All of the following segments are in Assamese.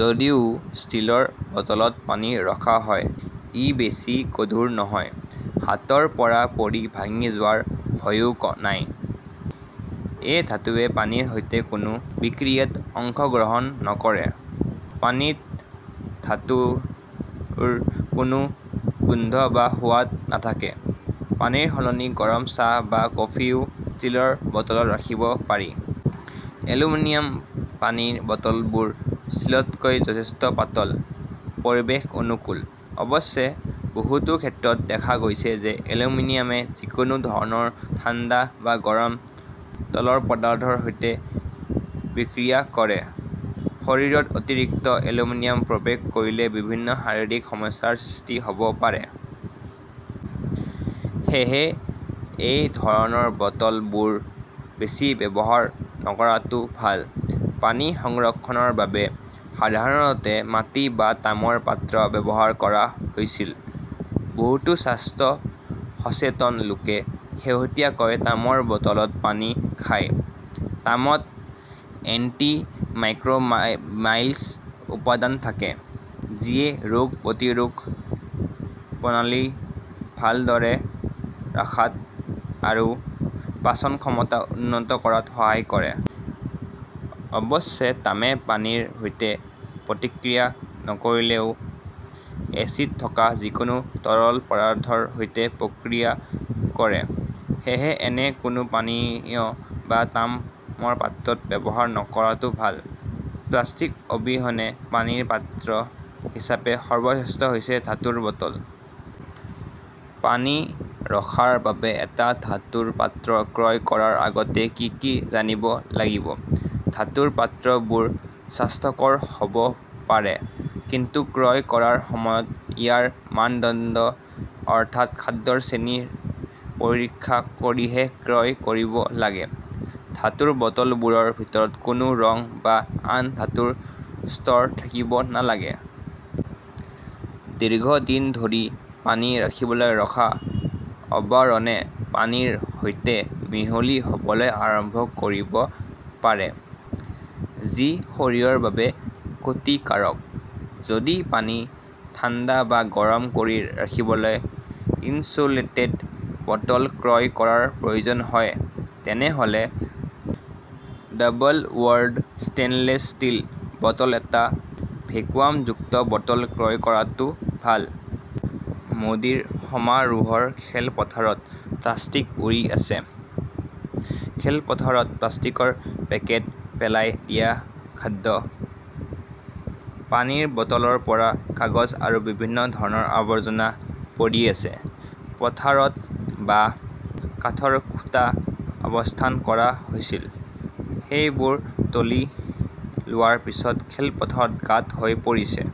যদিও ষ্টীলৰ বটলত পানী ৰখা হয়, ই বেছি গধুৰ নহয়। হাতৰ পৰা পৰি ভাঙি যোৱাৰ ভয়ও নাই। এই ধাতুৱে পানীৰ সৈতে কোনো বিক্ৰিয়াত অংশগ্ৰহণ নকৰে। পানীত ধাতুৰ কোনো গোন্ধ বা সোৱাদ নাথাকে। পানীৰ সলনি গৰম চাহ বা কফিও ষ্টীলৰ বটলত ৰাখিব পাৰি। এলুমিনিয়ামৰ পানীৰ বটলবোৰ ষ্টীলতকৈ যথেষ্ট পাতল, পৰিৱেশ অনুকূল। অৱশ্যে, বহুতো ক্ষেত্ৰত দেখা গৈছে যে এলুমিনিয়ামে যিকোনো ধৰণৰ ঠাণ্ডা বা গৰম তৰল পদাৰ্থৰ সৈতে বিক্ৰিয়া কৰে। শৰীৰত অতিৰিক্ত এলুমিনিয়াম প্ৰৱেশ কৰিলে বিভিন্ন শাৰীৰিক সমস্যাৰ সৃষ্টি হ'ব পাৰে। সেয়েহে এই ধৰণৰ বটলবোৰ বেছি ব্যৱহাৰ নকৰাটো ভাল। পানী সংৰক্ষণৰ বাবে সাধাৰণতে মাটি বা তামৰ পাত্ৰ ব্যৱহাৰ কৰা হৈছিল। বহুতো স্বাস্থ্য সচেতন লোকে শেহতীয়াকৈ তামৰ বটলত পানী খায়। তামত এন্টিমাইক্ৰোবিয়েল উপাদান থাকে। যিয়ে ৰোগ প্ৰতিৰোধ প্ৰণালী ভালদৰে ৰখাত আৰু পাচন ক্ষমতা উন্নত কৰাত সহায় কৰে। অৱশ্যে তামে পানীৰ সৈতে প্ৰতিক্ৰিয়া নকৰিলেও এচিড থকা যিকোনো তৰল পদাৰ্থৰ সৈতে প্ৰতিক্ৰিয়া কৰে। সেয়েহে, এনে কোনো পানীয়ৰ বাবে তামৰ পাত্ৰ ব্যৱহাৰ নকৰাটো ভাল। প্লাষ্টিক অবিহনে পানীৰ পাত্ৰ হিচাপে সৰ্বশ্ৰেষ্ঠ হৈছে ধাতুৰ বটল। পানী ৰখাৰ বাবে এটা ধাতুৰ পাত্ৰ ক্ৰয় কৰাৰ আগতে কি কি জানিব লাগিব? ধাতুৰ পাত্ৰবোৰ স্বাস্থ্যকৰ হ'ব পাৰে, কিন্তু ক্ৰয় কৰাৰ সময়ত ইয়াৰ মানদণ্ড, অৰ্থাৎ খাদ্যৰ শ্ৰেণী পৰীক্ষা কৰিহে ক্ৰয় কৰিব লাগে। ধাতুৰ বটলবোৰৰ ভিতৰত কোনো ৰং বা আন ধাতুৰ স্তৰ থাকিব নালাগে। দীৰ্ঘদিন ধৰি পানী ৰাখিবলৈ ৰখা আৱৰণে পানীৰ সৈতে মিহলি হ'বলৈ আৰম্ভ কৰিব পাৰে। যি শৰীৰৰ বাবে ক্ষতিকাৰক। যদি পানী ঠাণ্ডা বা গৰম কৰি ৰাখিবলৈ 'ইনচুলেটেড' বটল ক্ৰয় কৰাৰ প্ৰয়োজন হয়, তেনেহ'লে double walled stainless steel bottle এটা ভেকুৱামযুক্ত বটল ক্ৰয় কৰাটো ভাল। মোদীৰ সমাৰোহৰ খেলপথাৰত প্লাষ্টিক উৰি আছে, খেলপথাৰত প্লাষ্টিকৰ পেকেট, পেলাই দিয়া খাদ্য, পানীৰ বটলৰ পৰা কাগজ আৰু বিভিন্ন ধৰণৰ আৱৰ্জনা পৰি আছে। পথাৰত বাঁহ, কাঠৰ খুঁটা স্থাপন কৰা হৈছিল। সেইবোৰ তুলি লোৱাৰ পিছত খেলপথাৰত গাঁত হৈ পৰিছে।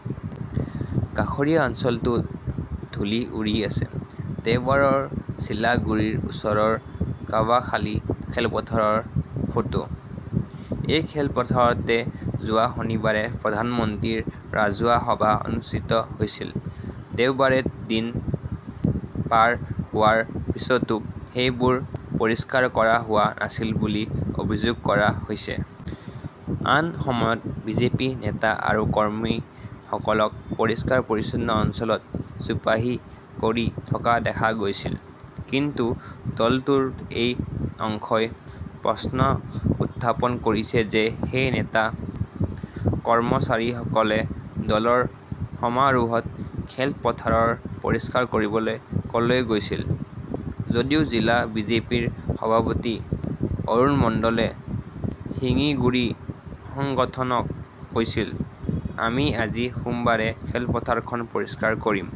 কাষৰীয়া অঞ্চলতো ধূলি উৰি আছে। দেওবাৰৰ চিলাগুৰিৰ ওচৰৰ কাৱাখালি খেলপথাৰৰ ফটো। এই খেলপথাৰতে যোৱা শনিবাৰে প্ৰধানমন্ত্ৰীৰ ৰাজহুৱা সভা অনুষ্ঠিত হৈছিল। দেওবাৰে দিন পাৰ হোৱাৰ পিছতো সেইবোৰ পৰিষ্কাৰ কৰা হোৱা নাছিল বুলি অভিযোগ কৰা হৈছে। আন সময়ত বিজেপি নেতা আৰু কৰ্মীসকলক পৰিষ্কাৰ-পৰিচ্ছন্ন অঞ্চলত জোপোহা কৰি থকা দেখা গৈছিল। কিন্তু দলটোৰ এটা অংশই প্ৰশ্ন উত্থাপন কৰিছে যে সেই নেতা, কৰ্মচাৰীসকলে দলৰ সমাৰোহত খেলপথাৰ পৰিষ্কাৰ কৰিবলৈ ক'লৈ গৈছিল। যদিও জিলা বিজেপিৰ সভাপতি অৰুণ মণ্ডলে শিলিগুড়ি সংগঠনক কৈছিল, "আমি আজি সোমবাৰে খেলপথাৰখন পৰিষ্কাৰ কৰিম।"